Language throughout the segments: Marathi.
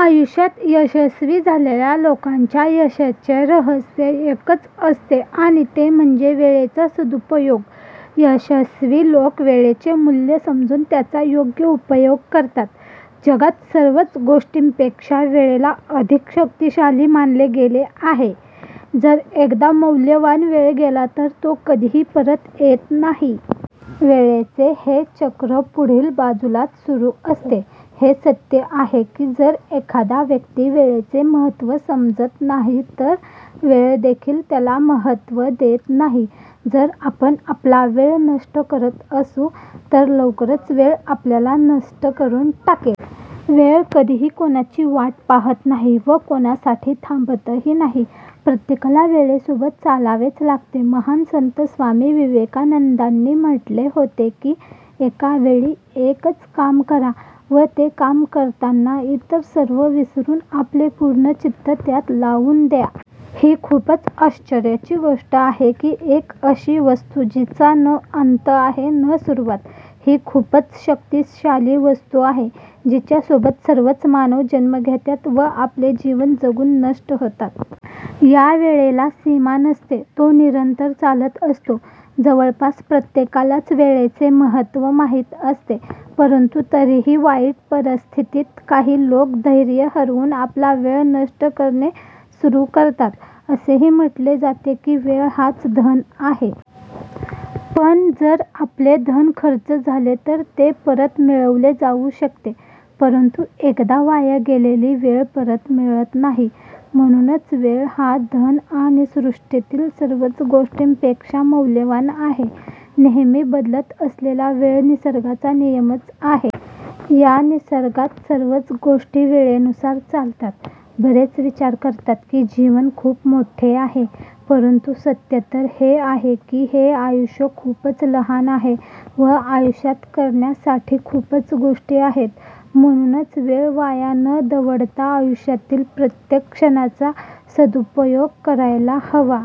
आयुष्यात यशस्वी झालेल्या लोकांच्या यशाचे रहस्य एकच असते आणि ते म्हणजे 'वेळेचा सदुपयोग'. यशस्वी लोक वेळेचे मूल्य समजून त्याचा योग्य उपयोग करतात. जगात सर्वच गोष्टींपेक्षा वेळेला अधिक शक्तीशाली मानले गेले आहे. जर एकदा मौल्यवान वेळ गेला तर तो कधीही परत येत नाही. वेळेचे हे चक्र पुढील बाजूलाच सुरू असते. हे सत्य आहे की जर एखादा व्यक्ती वेळेचे महत्त्व समजत नाही तर वेळ देखील त्याला महत्त्व देत नाही. जर आपण आपला वेळ नष्ट करत असू तर लवकरच वेळ आपल्याला नष्ट करून टाकेल. वेळ कधीही कोणाची वाट पाहत नाही व कोणासाठी थांबतही नाही. प्रत्येकाला वेळेसोबत चालावेच लागते. महान संत स्वामी विवेकानंदांनी म्हटले होते की "एका वेळी एकच काम करा, व ते काम करतांना इतर सर्व विसरून आपले पूर्ण चित्त त्यात लाऊन द्या. " ही खूपच आश्चर्याची गोष्ट आहे की एक अशी वस्तू जीचा न अंत आहे न सुरुवात, ही खूपच शक्तिशाली वस्तू आहे, जिच्या सोबत सर्वच मानव जन्म घेतात व आपले जीवन जगून नष्ट होतात. यावेळेला सीमा नसते, तो निरंतर चालत असतो. जवळपास प्रत्येकालाच वेळेचे महत्त्व माहीत असते परंतु तरीही वाईट परिस्थितीत काही लोक धैर्य हरवून आपला वेळ नष्ट करणे सुरू करतात. असेही म्हटले जाते की वेळ हाच धन आहे. पण जर आपले धन खर्च झाले तर ते परत मिळवले जाऊ शकते. परंतु एकदा वाया गेलेली वेळ परत मिळत नाही. म्हणूनच वेळ हा धन आणि सृष्टीतील सर्वच गोष्टींपेक्षा मौल्यवान आहे. नेहमी बदलत असलेला वेळ निसर्गाचा नियमच आहे. या निसर्गात सर्वच गोष्टी वेळेनुसार चालतात. बरेच विचार करतात की जीवन खूप मोठे आहे, परंतु सत्य तर हे आहे की हे आयुष्य खूपच लहान आहे व आयुष्यात करण्यासाठी खूपच गोष्टी आहेत. म्हणूनच वेळ वाया न दवडता आयुष्यातील प्रत्येक क्षणाचा सदुपयोग करायला हवा.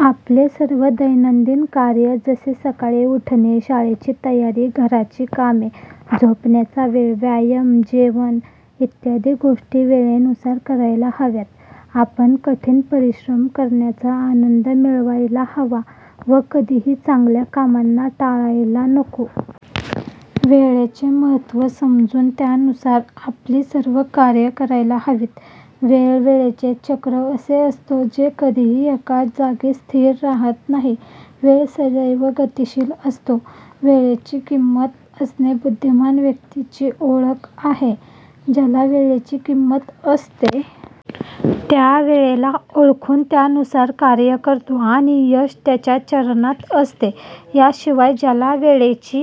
आपले सर्व दैनंदिन कार्य जसे सकाळी उठणे, शाळेची तयारी, घराची कामे, झोपण्याचा वेळ, व्यायाम, जेवण इत्यादी गोष्टी वेळेनुसार करायला हव्यात. आपण कठीण परिश्रम करण्याचा आनंद मिळवायला हवा व कधीही चांगल्या कामांना टाळायला नको. वेळेचे महत्त्व समजून त्यानुसार आपली सर्व कार्य करायला हवीत. वेळ, वेळेचे चक्र असे असतो जे कधीही एका जागी स्थिर राहत नाही. वेळ सदैव गतिशिल असतो. वेळेची किंमत असणे बुद्धिमान व्यक्तीची ओळख आहे. ज्याला वेळेची किंमत असते. तो वेळेला ओळखून त्यानुसार कार्य करतो आणि यश त्याच्या चरणात असते. याशिवाय ज्याला वेळेची